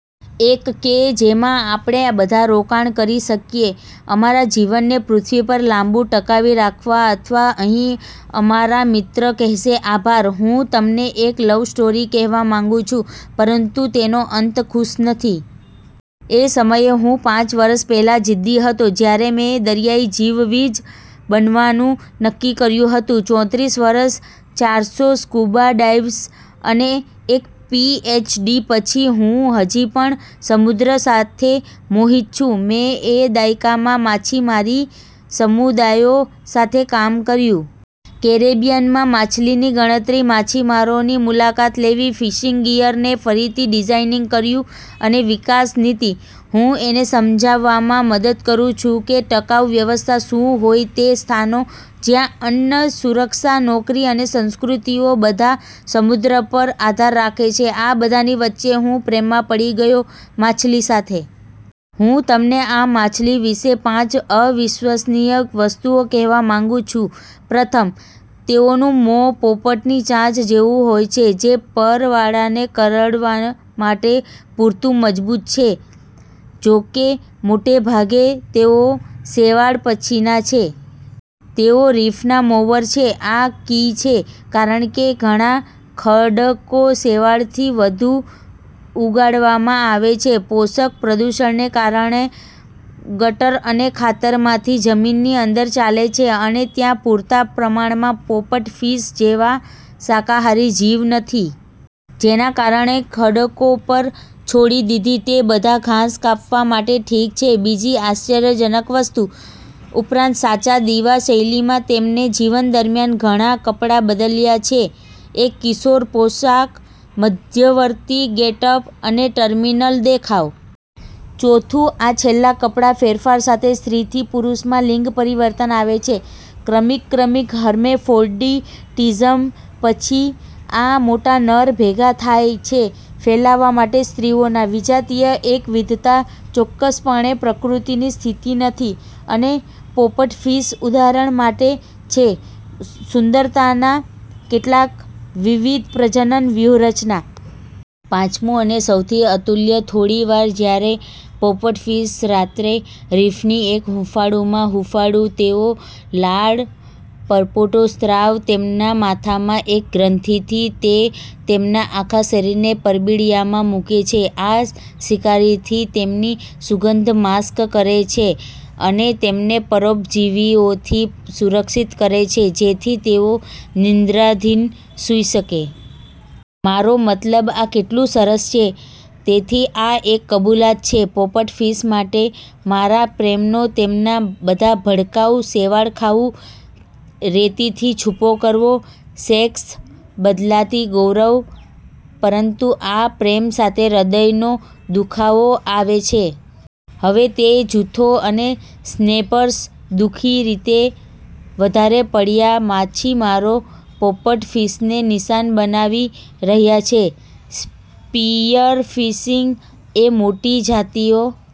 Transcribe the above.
એક કે જેમાં આપણે બધા રોકાણ કરી શકીએ અમારા જીવનને પૃથ્વી પર લાંબુ ટકાવી રાખવા અથવા અહીં અમારા મિત્ર કહેશે આભાર. હું તમને એક લવ સ્ટોરી કહેવા માંગુ છું. પરંતુ તેનો અંત ખુશ નથી. એ સમયે હું પાંચ વર્ષ પહેલાં જીદ્દી હતો, જ્યારે મેં દરિયાઇ જીવવિજ બનવાનું નક્કી કર્યું હતું .ચોત્રીસ વર્ષ, ચારસો સ્કુબા ડાઇવ્સ અને એક પીએચડી પછી, હું હજી પણ સમુદ્ર સાથે મોહિત છું. મેં એ દાયકામાં માછીમારી સમુદાયો સાથે કામ કર્યું. કેરેબિયનમાં માછલીની ગણતરી, માછીમારોની મુલાકાત લેવી, ફિશિંગ ગિયરને ફરીથી ડિઝાઇનીંગ કર્યું અને વિકાસ નીતિ. હૂં એને સમજાવામાં મદદ કરું છું કે ટકાઉ વ્યવસ્થા શું હોય તે સ્થાનો જ્યાં અન્ન, સુરક્ષા, નોકરી અને સંસ્કૃતિઓ બધા સમુદ્ર પર આધાર રાખે છે, આ બધાની વચ્ચે હું પ્રેમમાં પડી ગયો માછલી સાથે. હું તમને આ માછલી વિશેની પાંચ અવિશ્વસનીય વસ્તુઓ કહેવા માંગુ છું પ્રથમ, તેઓનું મોં પોપટની ચાંચ જેવું હોય છે, જે પરવાળાને કરડવા માટે પૂરતું મજબૂત છે, જોકે મોટે ભાગે તેઓ શેવાળ પછીના છે. તેઓ રીફના મોવર છે. આ કી છે, કારણ કે ઘણા ખડકો શેવાળથી વધુ ઉગાડવામાં આવે છે પોષક પ્રદૂષણને કારણે ગટર અને ખાતરમાંથી જમીનની અંદર ચાલે છે. અને ત્યાં પૂરતા પ્રમાણમાં પોપટ ફિશ જેવા શાકાહારી જીવ નથી. જેના કારણે ખડકો પર છોડી દીધી તે બધા ઘાસ કાપવા માટે ઠીક છે. બીજી આશ્ચર્યજનક વસ્તુ. ઉપરાંત, સાચા દિવા શૈલીમાં તેમને જીવન દરમ્યાન ઘણા કપડા બદલ્યા છે. એક કિશોર પોશાક, મધ્યવર્તી ગેટઅપ, અને ટર્મિનલ દેખાવ. ચોથું, આ છેલ્લા કપડા ફેરફાર સાથે સ્ત્રીથી પુરુષમાં લિંગ પરિવર્તન આવે છે, ક્રમિક ક્રમિક હર્મેફ્રોડિટિઝમ પછી આ મોટા નર ભેગા થાય છે ફેલાવવા માટે સ્ત્રીઓના. વિજાતીય એકવિધતા ચોક્કસપણે પ્રકૃતિની સ્થિતિ નથી અને પોપટફિશ ઉદાહરણ આપે છે સુંદરતાના કેટલાક વિવિધ પ્રજનન વ્યૂહરચના. પાંચમું અને સૌથી અતુલ્ય થોડી વાર જ્યારે પોપટફિશ રાત્રે રીફની એક હૂંફાળું માં હૂંફાળું, તેઓ લાળ પરપોટો સ્ત્રાવ તેમના માથા માં એક ગ્રંથી થી તે તેમના આખા શરીરને પરબિડીયામાં મૂકે છે. આ શિકારીથી તેમની સુગંધ માસ્ક કરે છે અને તેમને પરોપજીવીઓથી સુરક્ષિત કરે છે, જેથી તેઓ નિંદ્રાધીન સૂઈ શકે. મારો મતલબ, આ કેટલું સરસ છે. તેથી આ એક કબૂલાત છે પોપટ ફિશ માટે મારા પ્રેમનો તેમના બધા ભડકાઉ, શેવાળ-ખાવું, રેતીથી છૂપો કરવો, સેક્સ-બદલાતી ગૌરવ. પરંતુ આ પ્રેમ સાથે હૃદયનો દુખાવો આવે છે. હવે તે જૂથો અને સ્નેપર્સ દુ: ખી રીતે વધારે પડ્યા માછીમારો પોપટ ફિશને નિશાન બનાવી રહ્યા છે. સ્પિયરફિશિંગ એ મોટી જાતિઓ